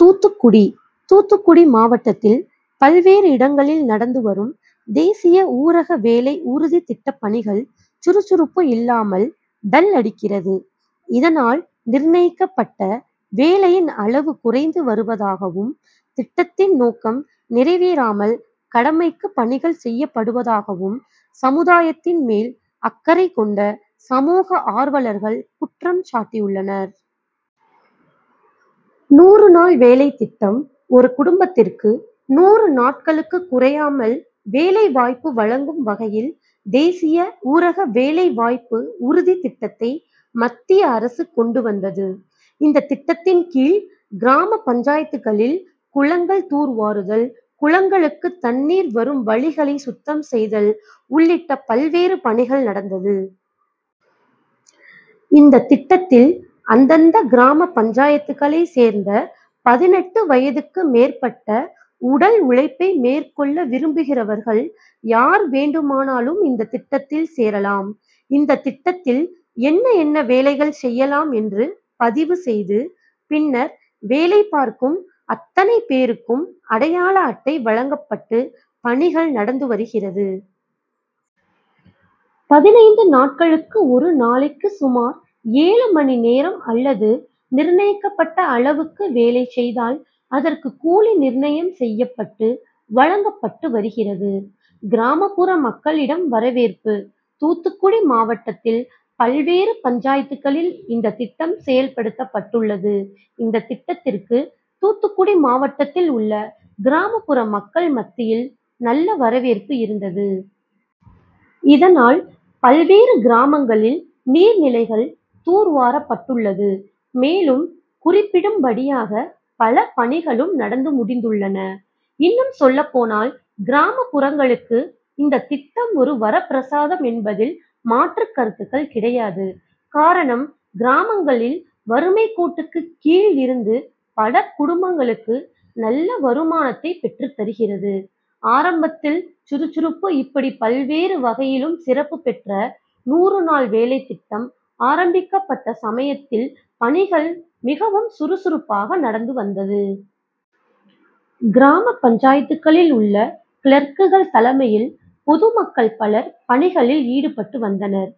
தூத்துக்குடி தூத்துக்குடி மாவட்டத்தில் பல்வேறு இடங்களில் நடந்து வரும் தேசிய ஊரக வேலை உறுதிதிட்டப்பணிகள் சுறுசுறுப்பு இல்லாமல் டல் அடிக்கிறது. இதனால் நிர்ணயிக்கப்பட்ட வேலையின் அளவு குறைந்து வருவதாகவும், திட்டத்தின் நோக்கம் நிறைவேறாமல் கடமைக்கு பணிகள் செய்யப்படுவதாகவும் சமுதாயத்தின் மேல் அக்கரை கொண்ட சமூக ஆர்வலர்கள் குற்றம்சாட்டியுள்ளனர். நூறு நாள் வேலை திட்டம் ஒரு குடும்பத்திற்கு நூறு நாட்களுக்கு குறையாமல் வேலை வாய்ப்பு வழங்கும் வகையில் தேசிய ஊரக வேலை வாய்ப்பு உறுதி திட்டத்தை மத்திய அரசு கொண்டு வந்தது. இந்த திட்டத்தின் கீழ் கிராம பஞ்சாயத்துகளில் குளங்கள் தூர்வாறுதல், குளங்களுக்கு தண்ணீர் வரும் வழிகளை சுத்தம் செய்தல் உள்ளிட்ட பல்வேறு பணிகள் நடந்தது. இந்த திட்டத்தில் அந்தந்த கிராம பஞ்சாயத்துகளை சேர்ந்த பதினெட்டு வயதுக்கு மேற்பட்ட உடல் உழைப்பை மேற்கொள்ள விரும்புகிறர்வர்கள் யார் வேண்டுமானாலும் இந்த திட்டத்தில் சேரலாம். இந்த திட்டத்தில் என்ன என்ன வேலைகள் செய்யலாம் என்று பதிவு செய்து, பின்னர் வேலை பார்க்கும் அத்தனை பேருக்கும் அடையாள அட்டை வழங்கப்பட்டு பணிகள் நடந்துவருகிறது. பதினைந்து நாட்களுக்கு ஒரு நாளைக்கு சுமார் ஏழு மணிநேரம் அல்லது நிர்ணயிக்கப்பட்ட அளவுக்கு வேலை செய்தால் அதற்கு கூலி நிர்ணயம் செய்யப்பட்டு வழங்கப்பட்டு வருகிறது. கிராமப்புற மக்களிடம் வரவேற்பு தூத்துக்குடி மாவட்டத்தில் பல்வேறு பஞ்சாயத்துகளில் இந்த திட்டம் செயல்படுத்தப்பட்டுள்ளது. இந்த திட்டத்திற்கு தூத்துக்குடி மாவட்டத்தில் உள்ள கிராமபுற மக்கள் மத்தியில் நல்ல வரவேற்பு இருந்தது. இதனால் பல்வேறு கிராமங்களில் நீர்நிலைகள் தூர்வாரப்பட்டுள்ளது. மேலும் குறிப்பிடும் படியாக பல பணிகளும் நடந்துமுடிந்துள்ளன. இன்னும் சொல்லப்போனால் கிராமப்புறங்களுக்கு இந்த திட்டம் ஒரு வரப்பிரசாதம் என்பதில் மாற்றுகருத்துக்கள் கிடையாது. காரணம் கிராமங்களில் வறுமைக்கோட்டுக்கு கீழ் இருந்து பல குடும்பங்களுக்கு நல்ல வருமானத்தை பெற்று தருகிறது. ஆரம்பத்தில் சுறுசுறுப்பு இப்படி பல்வேறு வகையிலும் சிறப்பு பெற்ற நூறுநாள் வேலை திட்டம் ஆரம்பிக்கப்பட்ட சமயத்தில் பணிகள் மிகவும் சுறுசுறுப்பாக நடந்துவந்தது. கிராம பஞ்சாயத்துகளில் உள்ள கிளர்க்குகள் தலைமையில் பொதுமக்கள் பலர் பணிகளில் ஈடுபட்டு வந்தனர்.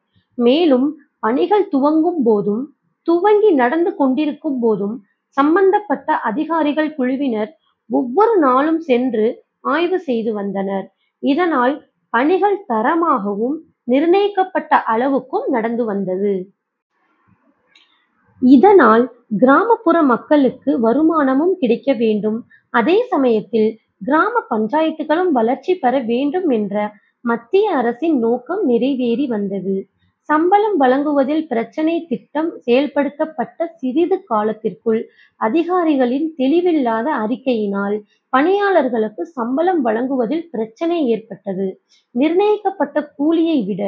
மேலும் பணிகள் துவங்கும் போதும், துவங்கி நடந்துகொண்டு இருக்கும் போதும், சம்பந்தப்பட்ட அதிகாரிகள் குழுவினர் ஒவ்வொரு நாளும் சென்று ஆய்வு செய்துவந்தனர். இதனால் பணிகள் தரமாகவும், நிர்ணயிக்கப்பட்ட அளவுக்கும் நடந்து வந்தது. இதனால் கிராமபுற மக்களுக்கு வருமானமும் கிடைக்கவேண்டும், அதே சமயத்தில் கிராம பஞ்சாயத்துகளும் வளர்ச்சிபெற வேண்டும் என்ற மத்திய அரசின் நோக்கம் நிறைவேறி வந்தது. சம்பளம் வழங்குவதில் பிரச்னை திட்டம் செயல்படுத்தப்பட்ட சிறிது காலத்திற்குள் அதிகாரிகளின் தெளிவில்லாத அறிக்கையினால் பணியாளர்களுக்கு சம்பளம் வழங்குவதில் பிரச்னை ஏற்பட்டது. நிர்ணயிக்கப்பட்ட கூலியை விட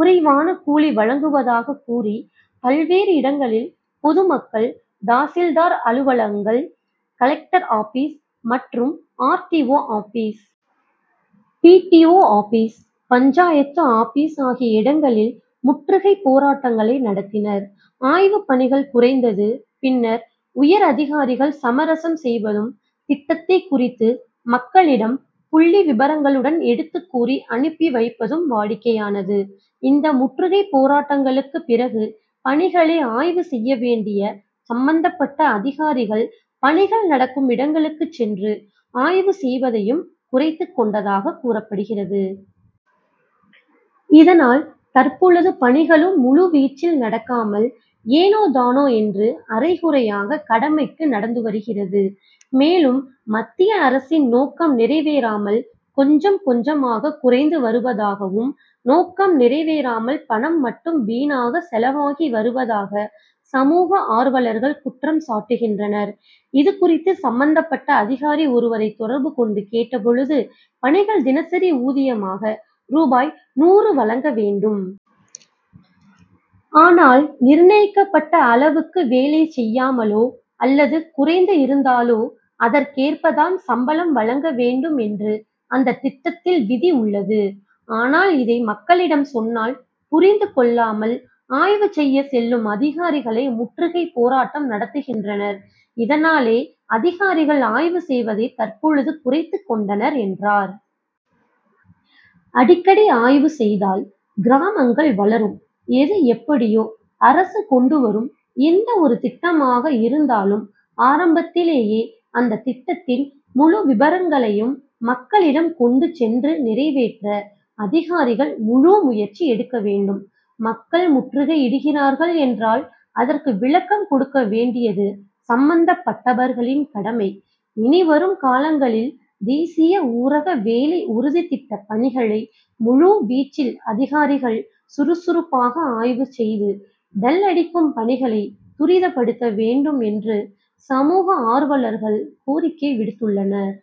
குறைவான கூலி வழங்குவதாக கூறி பல்வேறு இடங்களில் பொதுமக்கள் தாசில்தார் அலுவலங்கள், கலெக்டர் ஆபிஸ், மற்றும் ஆர்டிஓ.,ஆபிஸ், பிடிஓ.,ஆபிஸ், பஞ்சாயத்து ஆபிஸ் ஆகிய இடங்களில் முற்றுகைப் போராட்டங்களை நடத்தினர். ஆய்வு பணிகள் குறைந்தது பின்னர் உயர் அதிகாரிகள் சமரசம் செய்வதும் திட்டத்தை குறித்து மக்களிடம் புள்ளிவிபரங்களுடன் எடுத்து கூறி அனுப்பிவைப்பதும் வாடிக்கையானது. இந்த முற்றுகைபோராட்டங்களுக்கு பிறகு பணிகளை ஆய்வு செய்ய வேண்டிய சம்பந்தப்பட்ட அதிகாரிகள் பணிகள் நடக்கும் இடங்களுக்கு சென்று ஆய்வு செய்வதையும் குறைத்துக்கொண்டதாக கூறப்படுகிறது. இதனால் தற்பொழுது பணிகளும் முழுவீச்சில் நடக்காமல், ஏனோதானோ என்று அறைகுறையாக கடமைக்கு நடந்துவருகிறது. மேலும் மத்திய அரசின் நோக்கம் நிறைவேறாமல் கொஞ்சம் கொஞ்சமாக குறைந்துவருவதாகம், நோக்கம் நிறைவேறாமல் பணம் மட்டும் வீணாக செலவாகி வருவதாக சமூக ஆர்வலர்கள் குற்றம்சாட்டுகின்றனர். இதுகுறித்து சம்பந்தபட்ட அதிகாரி ஒருவரை தொடர்பு கொண்டு கேட்டபொழுது பணிகள் தினசரி ஊதியமாக ரூபாய் நூறு வழங்கவேண்டும். ஆனால் நிர்ணயிக்கப்பட்ட அளவுக்கு வேலை செய்யாமலோ அல்லது குறைந்து இருந்தாலோ அதற்கேற்பதான் சம்பளம் வழங்கவேண்டும் என்று அந்த திட்டத்தில் விதி உள்ளது. ஆனால் இதை மக்களிடம் சொன்னால் புரிந்துகொள்ளாமல் ஆய்வு செய்ய செல்லும் அதிகாரிகளை முற்றுகை போராட்டம் நடத்துகின்றனர். இதனாலே அதிகாரிகள் ஆய்வு செய்வதை தற்பொழுது குறைத்துக்கொண்டனர் என்றார். அடிக்கடி ஆய்வு செய்தால் கிராமங்கள் வளரும் எதுஎப்படியோ அரசு கொண்டு வரும் எந்த ஒரு திட்டமாக இருந்தாலும் ஆரம்பத்திலேயே அந்த திட்டத்தின் முழுவிபரங்களையும் மக்களிடம் கொண்டு சென்று நிறைவேற்ற அதிகாரிகள் முழுமுயற்சி எடுக்கவேண்டும். மக்கள் முற்றுகையிடுகிறார்கள் என்றால் அதற்கு விளக்கம் கொடுக்கவேண்டியது சம்பந்தப்பட்டவர்களின் கடமை. இனிவரும் காலங்களில் தேசிய ஊரக வேலை உறுதிதிட்டப்பணிகளை முழுவீச்சில் அதிகாரிகள் சுறுசுறுப்பாக ஆய்வு செய்து டல் அடிக்கும் பணிகளை துரிதப்படுத்தவேண்டும் என்று சமூக ஆர்வலர்கள் கோரிக்கை விடுத்துள்ளனர்.